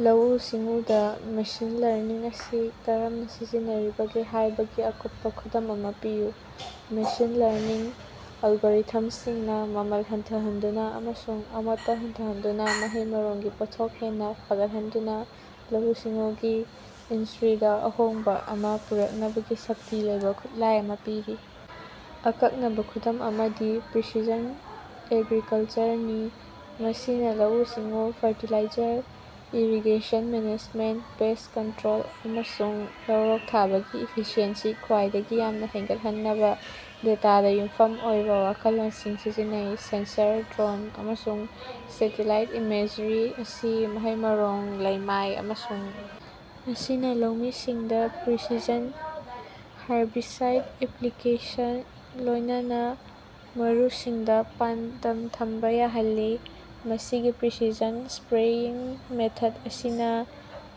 ꯂꯧꯑꯨ-ꯁꯤꯡꯑꯨꯗꯥ machine learning ꯑꯁꯤ ꯀꯔꯝꯅꯥ ꯁꯤꯖꯤꯟꯅꯔꯤꯕꯒꯦ ꯍꯥꯏꯕꯒꯤ ꯑꯀꯨꯞꯄꯥ ꯈꯨꯗꯝ ꯑꯃꯥ ꯄꯤꯌꯨ꯫ ꯃꯦꯁꯤꯟ ꯂꯔꯅꯤꯡ ꯑꯜꯒꯣꯔꯤꯊꯝꯁꯤꯡꯅꯥ ꯃꯃꯜ ꯍꯟꯊꯍꯟꯗꯨꯅꯥ ꯑꯃꯁꯨꯡ ꯑꯃꯣꯠꯄꯥ ꯍꯟꯊꯍꯟꯗꯨꯅꯥ ꯃꯍꯩ-ꯃꯔꯣꯡꯒꯤ ꯄꯣꯠꯊꯣꯛ ꯍꯦꯟꯅꯥ ꯐꯒꯠꯍꯟꯗꯨꯅꯥ ꯂꯧꯑꯨ-ꯁꯤꯡꯑꯨꯒꯤ ꯏꯟꯁ꯭ꯔꯤꯗꯥ ꯑꯍꯣꯡꯕꯥ ꯑꯃꯥ ꯄꯨꯔꯛꯅꯕꯒꯤ ꯁꯛꯇꯤ ꯂꯩꯕꯥ ꯈꯨꯠꯂꯥꯏ ꯑꯃꯥ ꯄꯤꯔꯤ꯫ ꯑꯀꯛꯅꯕꯥ ꯈꯨꯗꯝ ꯑꯃꯗꯤ ꯄ꯭ꯔꯤꯁꯤꯁꯟ ꯑꯦꯒ꯭ꯔꯤꯀꯜꯆꯔꯅꯤ, ꯃꯁꯤꯅꯥ ꯂꯧꯑꯨ-ꯁꯤꯡꯑꯨ, fertiliser, irrigation management, pest control, ꯑꯃꯁꯨꯡ ꯂꯧꯔꯣꯛ ꯊꯥꯕꯒꯤ ꯏꯐꯤꯁꯤꯑꯦꯟꯁꯤ ꯈ꯭ꯋꯥꯏꯗꯒꯤ ꯌꯥꯝꯅꯥ ꯍꯦꯟꯒꯠꯍꯟꯅꯕꯥ ꯗꯦꯇꯥꯗꯥ ꯌꯨꯝꯐꯝ ꯑꯣꯏꯕꯥ ꯋꯥꯈꯜꯂꯣꯟꯁꯤꯡ ꯁꯤꯖꯤꯟꯅꯩ꯫ ꯁꯦꯟꯁꯔ, ꯗ꯭ꯔꯣꯟ, ꯑꯃꯁꯨꯡ ꯁꯦꯇꯦꯂꯥꯏꯠ ꯏꯃꯦꯖ꯭ꯔꯤ ꯑꯁꯤ ꯃꯍꯩ-ꯃꯔꯣꯡ, ꯂꯩꯃꯥꯏ ꯑꯃꯁꯨꯡ ꯑꯁꯤꯅꯥ ꯂꯧꯃꯤꯁꯤꯡꯗꯥ ꯄ꯭ꯔꯤꯁꯤꯁꯟ ꯍꯥꯔꯕꯤꯁꯥꯏꯗ ꯑꯦꯄ꯭ꯂꯤꯀꯦꯁꯟ ꯂꯣꯏꯅꯅꯥ ꯃꯔꯨꯁꯤꯡꯗꯥ ꯄꯥꯟꯗꯝ ꯊꯝꯕꯥ ꯌꯥꯍꯜꯂꯤ꯫ ꯃꯁꯤꯒꯤ ꯄ꯭ꯔꯤꯁꯤꯁꯟ ꯁꯄ꯭ꯔꯦꯌꯤꯡ ꯃꯦꯊꯗ ꯑꯁꯤꯅꯥ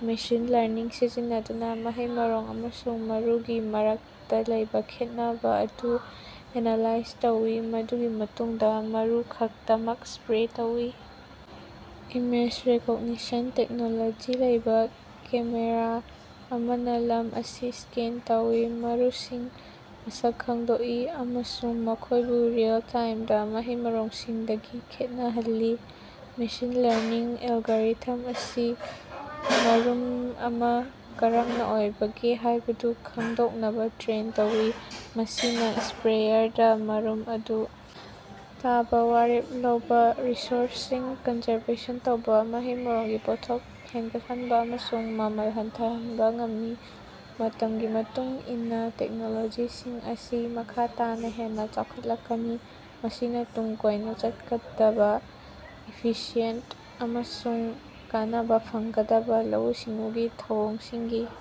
ꯃꯦꯁꯤꯟ ꯂꯔꯅꯤꯡ ꯁꯤꯖꯤꯟꯅꯗꯨꯅꯥ ꯃꯍꯩ-ꯃꯔꯣꯡ ꯑꯃꯁꯨꯡ ꯃꯔꯨꯒꯤ ꯃꯔꯛꯇꯥ ꯂꯩꯕꯥ ꯈꯦꯠꯅꯕꯥ ꯑꯗꯨ ꯑꯦꯅꯥꯂꯥꯏꯖ ꯇꯧꯏ ꯃꯗꯨꯒꯤ ꯃꯇꯨꯡꯗꯥ ꯃꯔꯨ ꯈꯛꯇꯃꯛ ꯁꯄ꯭ꯔꯦ ꯇꯧꯏ꯫ ꯏꯃꯦꯖ-ꯔꯤꯀꯣꯒꯅꯤꯁꯟ ꯇꯦꯛꯅꯣꯂꯣꯖꯤ ꯂꯩꯕꯥ ꯀꯦꯃꯦꯔꯥ ꯑꯃꯅꯥ ꯂꯝ ꯑꯁꯤ ꯁ꯭ꯀꯦꯟ ꯇꯧꯏ, ꯃꯔꯨꯁꯤꯡ ꯃꯁꯛ ꯈꯉꯗꯣꯀꯏ ꯑꯃꯁꯨꯡ ꯃꯈꯣꯌꯕꯨ ꯔꯤꯑꯦꯜ-ꯇꯥꯏꯃꯗꯥ ꯃꯍꯩ-ꯃꯔꯣꯡꯁꯤꯡꯗꯒꯤ ꯈꯦꯠꯅꯍꯜꯂꯤ꯫ ꯃꯦꯁꯤꯟ ꯂꯔꯅꯤꯡ ꯑꯦꯜꯒꯣꯔꯤꯊꯝ ꯑꯁꯤ ꯃꯔꯨꯝ ꯑꯃꯥ ꯀꯔꯝꯅꯥ ꯑꯣꯏꯕꯒꯦ ꯍꯥꯏꯕꯗꯨ ꯈꯡꯗꯣꯛꯅꯕꯥ ꯇ꯭ꯔꯦꯟ ꯇꯧꯏ, ꯃꯁꯤꯅꯥ ꯁꯄ꯭ꯔꯦꯌꯔꯗꯥ ꯃꯔꯨꯝ ꯑꯗꯨ ꯇꯥꯕꯥ ꯋꯥꯔꯦꯞ ꯂꯧꯕꯥ, ꯔꯤꯁꯣꯔꯁꯁꯤꯡ ꯀꯟꯖꯔꯕꯦꯁꯟ ꯇꯧꯕꯥ, ꯃꯍꯩ-ꯃꯔꯣꯡꯒꯤ ꯄꯣꯠꯊꯣꯛ ꯍꯦꯒꯠꯍꯟꯕꯥ ꯑꯃꯁꯨꯡ ꯃꯃꯜ ꯍꯟꯊꯍꯟꯕꯥ ꯉꯝꯃꯤ꯫ ꯃꯇꯝꯒꯤ ꯃꯇꯨꯡ ꯏꯟꯅꯥ ꯇꯦꯛꯅꯣꯂꯣꯖꯤꯁꯤꯡ ꯑꯁꯤ ꯃꯈꯥ ꯇꯥꯅꯥ ꯍꯦꯟꯅꯥ ꯆꯥꯎꯈꯠꯂꯛꯀꯅꯤ, ꯃꯁꯤꯅꯥ ꯇꯨꯡ ꯀꯣꯏꯅꯥ ꯆꯠꯀꯗꯕꯥ, ꯏꯐꯤꯁꯤꯌꯦꯟꯇ ꯑꯃꯁꯨꯡ ꯀꯥꯟꯅꯕꯥ ꯐꯪꯒꯗꯕꯥ ꯂꯧꯑꯨꯨ-ꯁꯤꯡꯨꯒꯤ ꯊꯧꯑꯣꯡꯁꯤꯡꯒꯤ